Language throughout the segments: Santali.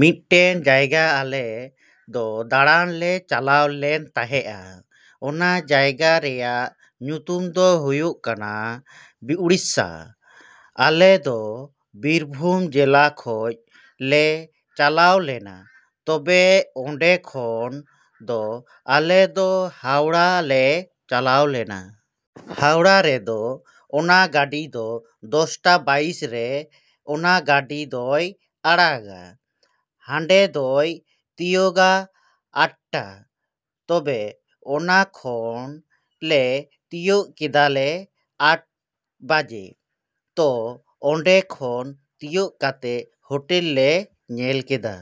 ‎ᱢᱤᱫᱴᱮᱱ ᱡᱟᱭᱜᱟ ᱟᱞᱮ ᱫᱚ ᱫᱟᱬᱟᱱ ᱞᱮ ᱪᱟᱞᱟᱣ ᱞᱮᱱ ᱛᱟᱸᱦᱮᱜᱼᱟ᱾ ᱚᱱᱟ ᱡᱟᱭᱜᱟ ᱨᱮᱭᱟᱜ ᱧᱩᱛᱩᱢ ᱫᱚ ᱦᱩᱭᱩᱜ ᱠᱟᱱᱟ ᱩᱲᱤᱥᱥᱟ᱾ ᱟᱞᱮ ᱫᱚ ᱵᱤᱨᱵᱷᱩᱢ ᱡᱮᱞᱟ ᱠᱷᱚᱡ ᱞᱮ ᱪᱟᱞᱟᱣ ᱞᱮᱱᱟ᱾ ᱛᱚᱵᱮ ᱚᱱᱰᱮ ᱠᱷᱚᱱ ᱫᱚ ᱟᱞᱮ ᱫᱚ ᱦᱟᱣᱲᱟ ᱞᱮ ᱪᱟᱞᱟᱣ ᱞᱮᱱᱟ᱾ ᱦᱟᱣᱲᱟ ᱨᱮᱫᱚ ᱚᱱᱟ ᱜᱟᱹᱰᱤ ᱫᱚ ᱫᱚᱥᱴᱟ ᱵᱟᱭᱤᱥ ᱨᱮ ᱚᱱᱟ ᱜᱟᱹᱰᱤ ᱫᱚᱭ ᱟᱲᱟᱜᱟ᱾ ᱦᱟᱱᱰᱮ ᱫᱚᱭ ᱛᱤᱭᱳᱜᱟ ᱟᱴᱴᱟ᱾ ᱛᱚᱵᱮ ᱚᱱᱰᱮ ᱠᱷᱚᱱ ᱞᱮ ᱛᱤᱭᱳᱜ ᱠᱮᱫᱟᱞᱮ ᱟᱴ ᱵᱟᱡᱮ᱾ ᱛᱚ ᱚᱱᱰᱮ ᱠᱷᱚᱱ ᱛᱤᱭᱳᱜ ᱠᱟᱛᱮᱜ ᱦᱳᱴᱮᱞ ᱞᱮ ᱧᱮᱞ ᱠᱮᱫᱟ᱾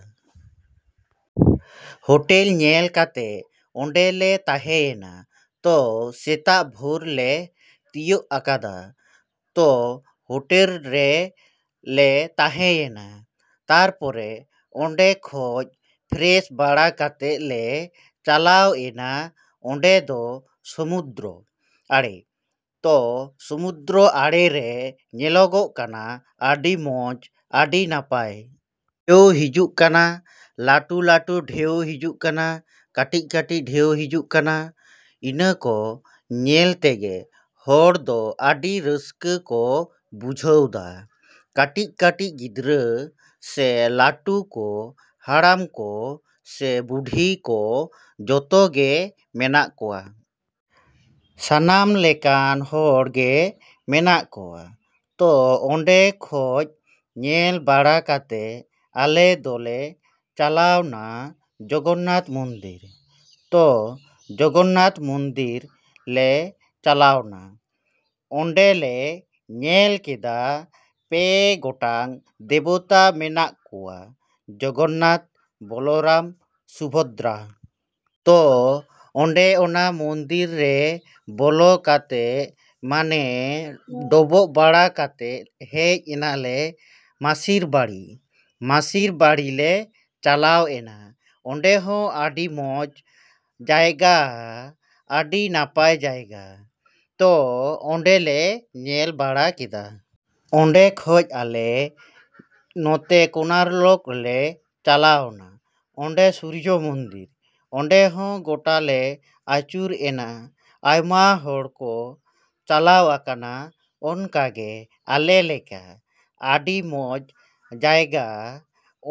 ᱦᱳᱴᱮᱞ ᱧᱮᱞ ᱠᱟᱛᱮᱜ ᱚᱱᱰᱮ ᱞᱮ ᱛᱟᱸᱦᱮᱭᱮᱱᱟ᱾ ᱛᱚ ᱥᱮᱛᱟᱜ ᱵᱷᱳᱨ ᱞᱮ ᱛᱤᱭᱳᱜ ᱟᱠᱟᱫᱟ᱾ ᱛᱚ ᱦᱳᱴᱮᱞ ᱨᱮ ᱞᱮ ᱛᱟᱸᱦᱮᱭᱮᱱᱟ᱾ ᱛᱟᱨᱯᱚᱨᱮ ᱚᱱᱰᱮ ᱠᱷᱚᱡ ᱯᱷᱮᱨᱮᱥ ᱵᱟᱲᱟ ᱠᱟᱛᱮᱜ ᱞᱮ ᱪᱟᱞᱟᱣ ᱮᱱᱟ ᱚᱱᱰᱮ ᱫᱚ ᱥᱚᱢᱩᱫᱽᱨᱚ ᱟᱲᱮ᱾ ᱛᱚ ᱥᱚᱢᱩᱫᱽᱨᱚ ᱟᱲᱮ ᱨᱮ ᱧᱮᱞᱚᱜᱚᱜ ᱠᱟᱱᱟ ᱟᱹᱰᱤ ᱢᱚᱸᱡ, ᱟᱹᱰᱤ ᱱᱟᱯᱟᱭ᱾ ᱰᱷᱮᱣ ᱦᱤᱡᱩᱜ ᱠᱟᱱᱟ, ᱞᱟᱹᱴᱩ ᱞᱟᱹᱴᱩ ᱰᱷᱮᱣ ᱦᱤᱡᱩᱜ ᱠᱟᱱᱟ, ᱠᱟᱹᱴᱤᱡ ᱠᱟᱹᱴᱤᱡ ᱰᱷᱮᱣ ᱦᱤᱡᱩᱜ ᱠᱟᱱᱟ᱾ ᱤᱱᱟᱹ ᱠᱚ ᱧᱮᱞ ᱛᱮᱜᱮ ᱦᱚᱲ ᱫᱚ ᱟᱹᱰᱤ ᱨᱟᱹᱥᱠᱟᱹ ᱠᱚ ᱵᱩᱡᱷᱟᱹᱣ ᱫᱟ᱾ ᱠᱟᱹᱴᱤᱡ ᱠᱟᱹᱴᱤᱡ ᱜᱤᱫᱽᱨᱟᱹ ᱥᱮ ᱞᱟᱹᱴᱩ ᱠᱚ, ᱦᱟᱲᱟᱢ ᱠᱚ ᱥᱮ ᱵᱩᱰᱷᱤ ᱠᱚ, ᱡᱚᱛᱚ ᱜᱮ ᱢᱮᱱᱟᱜ ᱠᱚᱣᱟ᱾ ᱥᱟᱱᱟᱢ ᱞᱮᱠᱟᱱ ᱦᱚᱲ ᱜᱮ ᱢᱮᱱᱟᱜ ᱠᱚᱣᱟ᱾ ᱛᱚ ᱚᱱᱰᱮ ᱠᱷᱚᱡ ᱧᱮᱞ ᱵᱟᱲᱟ ᱠᱟᱛᱮᱜ ᱟᱞᱮ ᱫᱚ ᱞᱮ ᱪᱟᱞᱟᱣᱱᱟ ᱡᱚᱜᱚᱱᱱᱟᱛᱷ ᱢᱚᱱᱫᱤᱨ᱾ ᱛᱚ ᱡᱚᱜᱚᱱᱱᱟᱛᱷ ᱢᱚᱱᱫᱤᱨ ᱞᱮ ᱪᱟᱞᱟᱣᱱᱟ᱾ ᱚᱱᱰᱮ ᱞᱮ ᱧᱮᱞ ᱠᱮᱫᱟ ᱯᱮ ᱜᱚᱴᱟᱝ ᱫᱮᱵᱚᱛᱟ ᱢᱮᱱᱟᱜ ᱠᱚᱣᱟ ᱡᱚᱜᱚᱱᱱᱟᱛᱷ, ᱵᱚᱞᱨᱟᱢ, ᱥᱩᱵᱷᱚᱫᱽᱨᱟ᱾ ᱛᱚ ᱚᱱᱰᱮ ᱚᱱᱟ ᱢᱚᱱᱫᱤᱨ ᱨᱮ ᱵᱚᱞᱚ ᱠᱟᱛᱮᱜ ᱢᱟᱱᱮ ᱰᱚᱵᱚᱜ ᱵᱟᱲᱟ ᱠᱟᱛᱮᱜ ᱦᱮᱡ ᱮᱱᱟᱞᱮ ᱢᱟᱥᱤᱨ ᱵᱟᱲᱤ᱾ ᱢᱟᱥᱤᱨ ᱵᱟᱲᱤ ᱞᱮ ᱪᱟᱞᱟᱣ ᱮᱱᱟ᱾ ᱚᱱᱰᱮ ᱦᱚᱸ ᱟᱹᱰᱤ ᱢᱚᱸᱡ ᱡᱟᱭᱜᱟ, ᱟᱹᱰᱤ ᱱᱟᱯᱟᱭ ᱡᱟᱭᱜᱟ᱾ ᱛᱚ ᱚᱱᱰᱮ ᱞᱮ ᱧᱮᱞ ᱵᱟᱲᱟ ᱠᱮᱫᱟ᱾ ᱚᱱᱰᱮ ᱠᱷᱚᱡ ᱟᱞᱮ ᱱᱚᱛᱮ ᱠᱳᱱᱟᱨᱚᱠ ᱞᱮ ᱪᱟᱞᱟᱣᱱᱟ ᱚᱱᱰᱮ ᱥᱩᱨᱡᱚ ᱢᱚᱱᱫᱤᱨ᱾ ᱚᱱᱰᱮ ᱦᱚᱸ ᱜᱚᱴᱟ ᱞᱮ ᱟᱹᱪᱩᱨ ᱮᱱᱟ᱾ ᱟᱭᱢᱟ ᱦᱚᱲ ᱠᱚ ᱪᱟᱞᱟᱣ ᱟᱠᱟᱱᱟ ᱚᱱᱠᱟ ᱜᱮ ᱟᱞᱮ ᱞᱮᱠᱟ᱾ ᱟᱹᱰᱤ ᱢᱚᱸᱡ ᱡᱟᱭᱜᱟ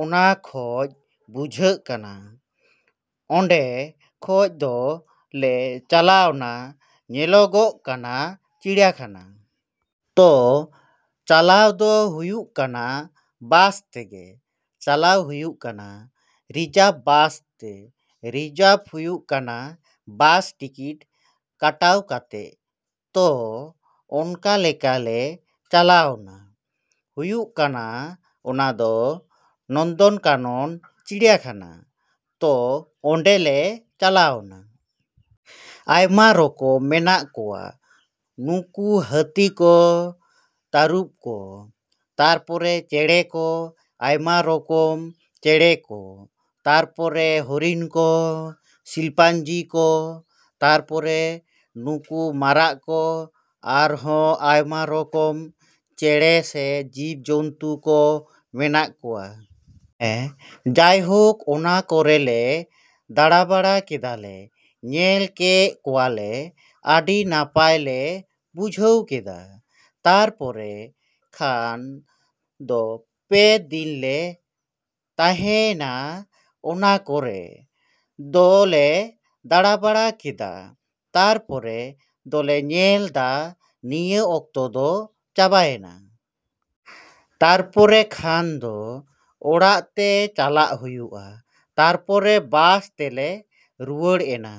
ᱚᱱᱟ ᱠᱷᱚᱡ ᱵᱩᱡᱷᱟᱹᱜ ᱠᱟᱱᱟ᱾ ᱚᱱᱰᱮ ᱠᱷᱚᱡ ᱫᱚ ᱞᱮ ᱪᱟᱞᱟᱣᱱᱟ ᱧᱮᱞᱚᱜᱚᱜ ᱠᱟᱱᱟ ᱪᱤᱲᱭᱟᱠᱷᱟᱱᱟ᱾ ᱛᱚ ᱪᱟᱞᱟᱣ ᱫᱚ ᱦᱩᱭᱩᱜ ᱠᱟᱱᱟ ᱵᱟᱥ ᱛᱮᱜᱮ ᱪᱟᱞᱟᱣ ᱦᱩᱭᱩᱜ ᱠᱟᱱᱟ ᱨᱤᱡᱟᱨᱵᱷ ᱵᱟᱥ ᱛᱮ᱾ ᱨᱤᱡᱟᱨᱵᱷ ᱦᱩᱭᱩᱜ ᱠᱟᱱᱟ ᱵᱟᱥ ᱴᱤᱠᱤᱴ ᱠᱟᱴᱟᱣ ᱠᱟᱛᱮᱜ᱾ ᱛᱚ ᱚᱱᱠᱟ ᱞᱮᱠᱟ ᱞᱮ ᱪᱟᱞᱟᱣᱱᱟ᱾ ᱦᱩᱭᱩᱜ ᱠᱟᱱᱟ ᱚᱱᱟ ᱫᱚ ᱱᱚᱱᱫᱚᱱᱠᱟᱱᱚᱱ ᱪᱤᱲᱭᱟᱠᱷᱟᱱᱟ᱾ ᱛᱚ ᱚᱱᱰᱮ ᱞᱮ ᱪᱟᱞᱟᱣᱱᱟ᱾ ᱟᱭᱢᱟ ᱨᱚᱠᱚᱢ ᱢᱮᱱᱟᱜ ᱠᱚᱣᱟ ᱱᱩᱠᱩ ᱦᱟᱹᱛᱤ ᱠᱚ, ᱛᱟᱹᱨᱩᱵᱽ ᱠᱚ᱾ ᱛᱟᱨᱯᱚᱨᱮ ᱪᱮᱬᱮ ᱠᱚ, ᱟᱭᱢᱟ ᱨᱚᱠᱚᱢ ᱪᱮᱬᱮ ᱠᱚ᱾ ᱛᱟᱨᱯᱚᱨᱮ ᱦᱚᱨᱤᱱ ᱠᱚ, ᱥᱤᱞᱯᱟᱧᱡᱤ ᱠᱚ᱾ ᱛᱟᱨᱯᱚᱨᱮ ᱱᱩᱠᱩ ᱢᱟᱨᱟᱜ ᱠᱚ, ᱟᱨᱦᱚᱸ ᱟᱭᱢᱟ ᱨᱚᱠᱚᱢ ᱪᱮᱬᱮ ᱥᱮ ᱡᱤᱵᱽ ᱡᱚᱱᱛᱩ ᱠᱚ ᱢᱮᱱᱟᱜ ᱠᱚᱣᱟ᱾ ᱦᱮᱸ, ᱡᱟᱭᱦᱳᱠ ᱚᱱᱟ ᱠᱚᱨᱮ ᱞᱮ ᱫᱟᱬᱟᱵᱟᱲᱟ ᱠᱮᱫᱟᱞᱮ, ᱧᱮᱞ ᱠᱮᱜ ᱠᱚᱣᱟᱞᱮ, ᱟᱹᱰᱤ ᱱᱟᱯᱟᱭ ᱞᱮ ᱵᱩᱡᱷᱟᱹᱣ ᱠᱮᱫᱟ᱾ ᱛᱟᱨᱯᱚᱨᱮ ᱠᱷᱟᱱ ᱫᱚ ᱯᱮ ᱫᱤᱱ ᱞᱮ ᱛᱟᱸᱦᱮᱭ ᱱᱟ ᱚᱱᱟ ᱠᱚᱨᱮ ᱫᱚ ᱞᱮ ᱫᱟᱬᱟᱵᱟᱬᱟ ᱠᱮᱫᱟ᱾ ᱛᱟᱨᱯᱚᱨᱮ ᱫᱚᱞᱮ ᱧᱮᱞ ᱫᱟ ᱱᱤᱭᱟᱹ ᱚᱠᱛᱚ ᱫᱚ ᱪᱟᱵᱟᱭᱮᱱᱟ᱾ ᱛᱟᱨᱯᱚᱨᱮ ᱠᱷᱟᱱ ᱫᱚ ᱚᱲᱟᱜ ᱛᱮ ᱪᱟᱞᱟᱜ ᱦᱩᱭᱩᱜᱼᱟ᱾ ᱛᱟᱨᱯᱚᱨᱮ ᱵᱟᱥ ᱛᱮᱞᱮ ᱨᱩᱣᱟ‌.ᱲ ᱮᱱᱟ᱾